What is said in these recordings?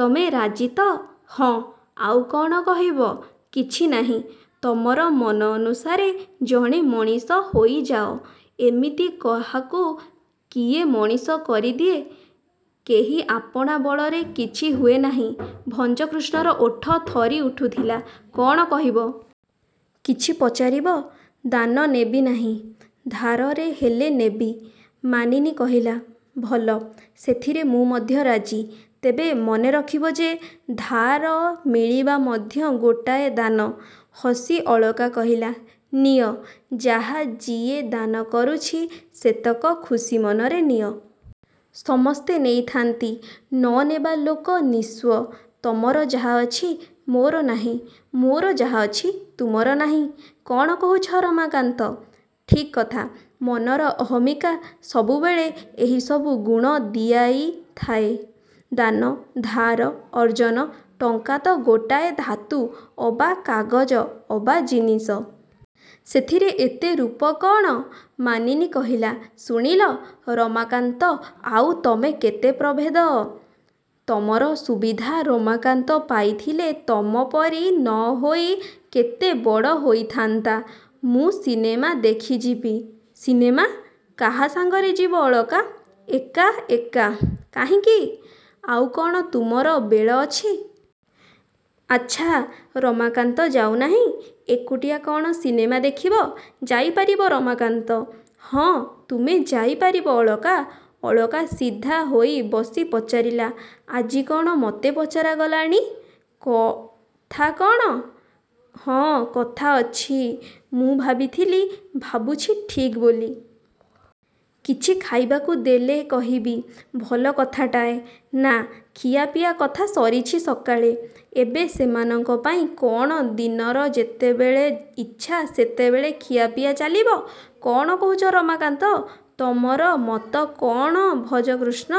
ତମେ ରାଜି ହେଲ ତ? -ହଁ। -ଆଉ କ'ଣ କହିବ? -କିଛି ନାହିଁ। ତମର ମନ ଅନୁସାରେ ଜଣେ ମଣିଷ ହୋଇଯାଅ। ଏମିତି କାହାକୁ କିଏ ମଣିଷ କରିଦିଏ। କେହି ଆପଣା ବଳରେ କିଛି ହୁଏ ନାହିଁ। -ଭଜକୃଷ୍ଣର ଓଠ ଥରି ଉଠୁଥିଲା। -କ'ଣ କହିବ? କିଛି ପଚାରିବ? -ଦାନ ନେବି ନାହିଁ। ଧାରରେ ହେଲେ ନେବି। -ମାନିନୀ କହିଲା-ଭଲ। ସେଥିରେ ମୁଁ ମଧ୍ୟ ରାଜି। ତେବେ ମନେ ରଖିବ ଯେ ଧାର ମିଳିବା ମଧ୍ୟ ଗୋଟାଏ ଦାନ। ହସି ଅଳକା କହିଲା-ନିଅ। ଯାହା ଯିଏ ଦାନ କରୁଛି ସେତକ ଖୁସି ମନରେ ନିଅ। ସମସ୍ତେ ନେଇଥାନ୍ତି। ନ ନେବା ଲୋକ ନିସ୍ୱ। ତମର ଯାହା ଅଛି, ମୋର ନାହିଁ। ମୋର ଯାହା ଅଛି-ତୁମର ନାହିଁ। କ'ଣ କହୁଛ ରମାକାନ୍ତ? -ଠିକ୍ କଥା। ମନର ଅହମିକା ସବୁବେଳେ ଏହିସବୁ ଗୁଣ ଦିଆଇ ଥାଏ-ଦାନ, ଧାର, ଅର୍ଜ୍ଜନ-ଟଙ୍କା ତ ଗୋଟାଏ ଧାତୁ ଅବା କାଗଜ ଅବା ଜିନିଷ। ସେଥିରେ ଏତେ ରୂପ କ'ଣ? ମାନିନୀ କହିଲା-ଶୁଣିଲ? ରମାକାନ୍ତ ଆଉ ତମେ କେତେ ପ୍ରଭେଦ? ତମର ସୁବିଧା ରମାକାନ୍ତ ପାଇଥିଲେ ତମପରି ନ ହୋଇ କେତେ ବଡ଼ ହୋଇଥାନ୍ତା- -ମୁଁ ସିନେମା ଦେଖିଯିବି। -ସିନେମା? କାହା ସାଙ୍ଗରେ ଯିବ ଅଳକା? -ଏକା-ଏକା। -କାହିଁକି? -ଆଉ କ'ଣ ତୁମର ବେଳ ଅଛି? -ଆଚ୍ଛା, ରମାକାନ୍ତ ଯାଉ ନାହିଁ? ଏକୁଟିଆ କ'ଣ ସିନେମା ଦେଖିବ? ଯାଇପାରିବ ରମାକାନ୍ତ? -ହଁ। -ତୁମେ ଯାଇ ପାରିବ ଅଳକା? ଅଳକା ସିଧା ହୋଇ ବସି ପଚାରିଲା-ଆଜି କ'ଣ ମତେ ପଚରାଗଲାଣି? କଥା କ'ଣ-? -ହଁ କଥା ଅଛି। ମୁଁ ଭାବିଥିଲି। ଭାବୁଛି ଠିକ୍ ବୋଲି। କିଛି ଖାଇବାକୁ ଦେଲେ କହିବି। ଭଲ କଥାଟାଏ। -ନା, ଖିଆପିଆ କଥା ସରିଛି ସକାଳେ। ଏବେ ସେମାନଙ୍କ ପାଇଁ କ'ଣ ଦିନର ଯେତେବେଳେ ଇଚ୍ଛା ସେତେବେଳେ ଖିଆପିଆ ଚାଲିବ? କ'ଣ କହୁଛ ରମାକାନ୍ତ? ତମର ମତ କ'ଣ ଭଜକୃଷ୍ଣ?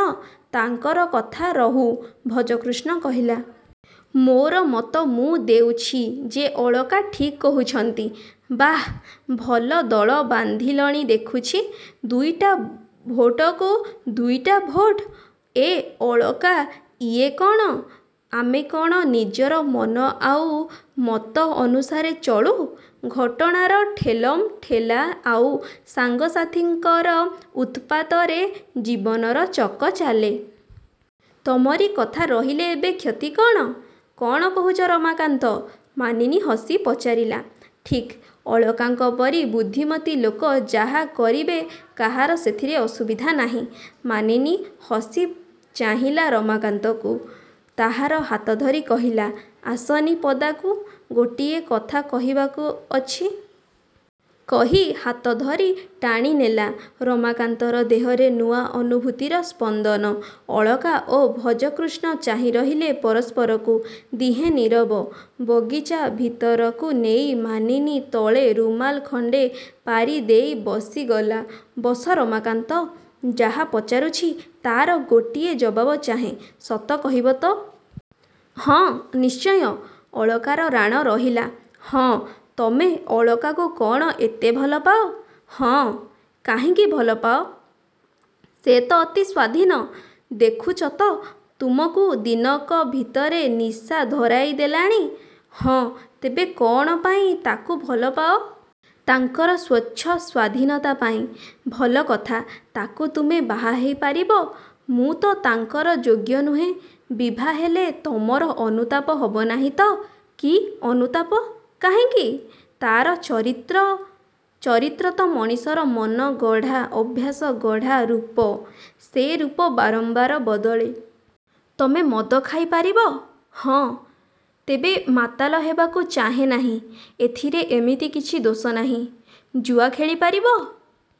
ତାଙ୍କର କଥା ରହୁ। -ଭଜକୃଷ୍ଣ କହିଲା। -ମୋର ମତ ମୁଁ ଦେଉଛି ଯେ ଅଳକା ଠିକ୍ କହୁଛନ୍ତି। -ବାଃ, ଭଲ ଦଳ ବାନ୍ଧିଲଣି ଦେଖୁଛି। ଦୁଇଟା ଭୋଟକୁ ଦୁଇଟା ଭୋଟ୍। ଏ ଅଳକା-ଇଏ କ'ଣ? -ଆମେ କ'ଣ ନିଜର ମନ ଆଉ ମତ ଅନୁସାରେ ଚଳୁ? ଘଟଣାର ଠେଲମ୍ ଠେଲା ଆଉ ସାଙ୍ଗସାଥୀଙ୍କର ଉତ୍ପାତରେ ଜୀବନର ଚକ ଚାଲେ। ତମରି କଥା ରହିଲେ ଏବେ କ୍ଷତି କ'ଣ-? -କ'ଣ କହୁଛ ରମାକାନ୍ତ? ମାନିନୀ ହସି ପଚାରିଲା। -ଠିକ୍। ଅଳକାଙ୍କ ପରି ବୁଦ୍ଧିମତୀ ଲୋକ ଯାହା କରିବେ କାହାର ସେଥିରେ ଅସୁବିଧା ନାହିଁ। ମାନିନୀ ହସି ଚାହିଁଲା ରମାକାନ୍ତକୁ। ତାହାର ହାତଧରି କହିଲା-ଆସନି ପଦାକୁ। ଗୋଟିଏ କଥା କହିବାକୁ ଅଛି। କହି ହାତଧରି ଟାଣିନେଲା। ରମାକାନ୍ତର ଦେହରେ ନୂଆ ଅନୁଭୂତିର ସ୍ପନ୍ଦନ। ଅଳକା ଓ ଭଜକୃଷ୍ଣ ଚାହିଁ ରହିଲେ ପରସ୍ପରକୁ। ଦିହେଁ ନୀରବ। ବଗିଚା ଭିତରକୁ ନେଇ ମାନିନୀ ତଳେ ରୁମାଲ ଖଣ୍ଡେ ପାରିଦେଇ ବସିଗଲା-ବସ ରମାକାନ୍ତ। -ଯାହା ପଚାରୁଛି ତା'ର ଗୋଟାଏ ଜବାବ ଚାହେଁ। ସତ କହିବ ତ? -ହଁ। -ନିଶ୍ଚୟ। ଅଳକାର ରାଣ ରହିଲା। -ହଁ। -ତମେ ଅଳକାକୁ କ'ଣ ଏତେ ଭଲ ପାଅ? -ହଁ। -କାହିଁକି ଭଲ ପାଅ? ସେ ତ ଅତି ସ୍ୱାଧୀନ। ଦେଖୁଛ ତ ତୁମକୁ ଦିନକ ଭିତରେ ନିଶା ଧରାଇ ଦେଲାଣି। -ହଁ। -ତେବେ କ'ଣ ପାଇଁ ତା'କୁ ଭଲ ପାଅ? -ତାଙ୍କର ସ୍ୱଚ୍ଛ ସ୍ୱାଧୀନତା ପାଇଁ। -ଭଲ କଥା। ତା'କୁ ତୁମେ ବାହାହେଇ ପାରିବ? -ମୁଁ ତ ତାଙ୍କର ଯୋଗ୍ୟ ନୁହେଁ। -ବିଭାହେଲେ ତମର ଅନୁତାପ ହବ ନାହିଁ ତ? -କି ଅନୁତାପ? କାହିଁକି? -ତା'ର ଚରିତ୍ର? -ଚରିତ୍ର ତ ମଣିଷର ମନ-ଗଢ଼ା, ଅଭ୍ୟାସ-ଗଢ଼ା ରୂପ। ସେ ରୂପ ବାରମ୍ବାର ବଦଳେ-। -ତମେ ମଦ ଖାଇ ପାରିବ? -ହଁ। ତେବେ ମାତାଲ ହେବାକୁ ଚାହେଁ ନାହିଁ। ଏଥିରେ ଏମିତି କିଛି ଦୋଷ ନାହିଁ। -ଜୁଆ ଖେଳି ପାରିବ?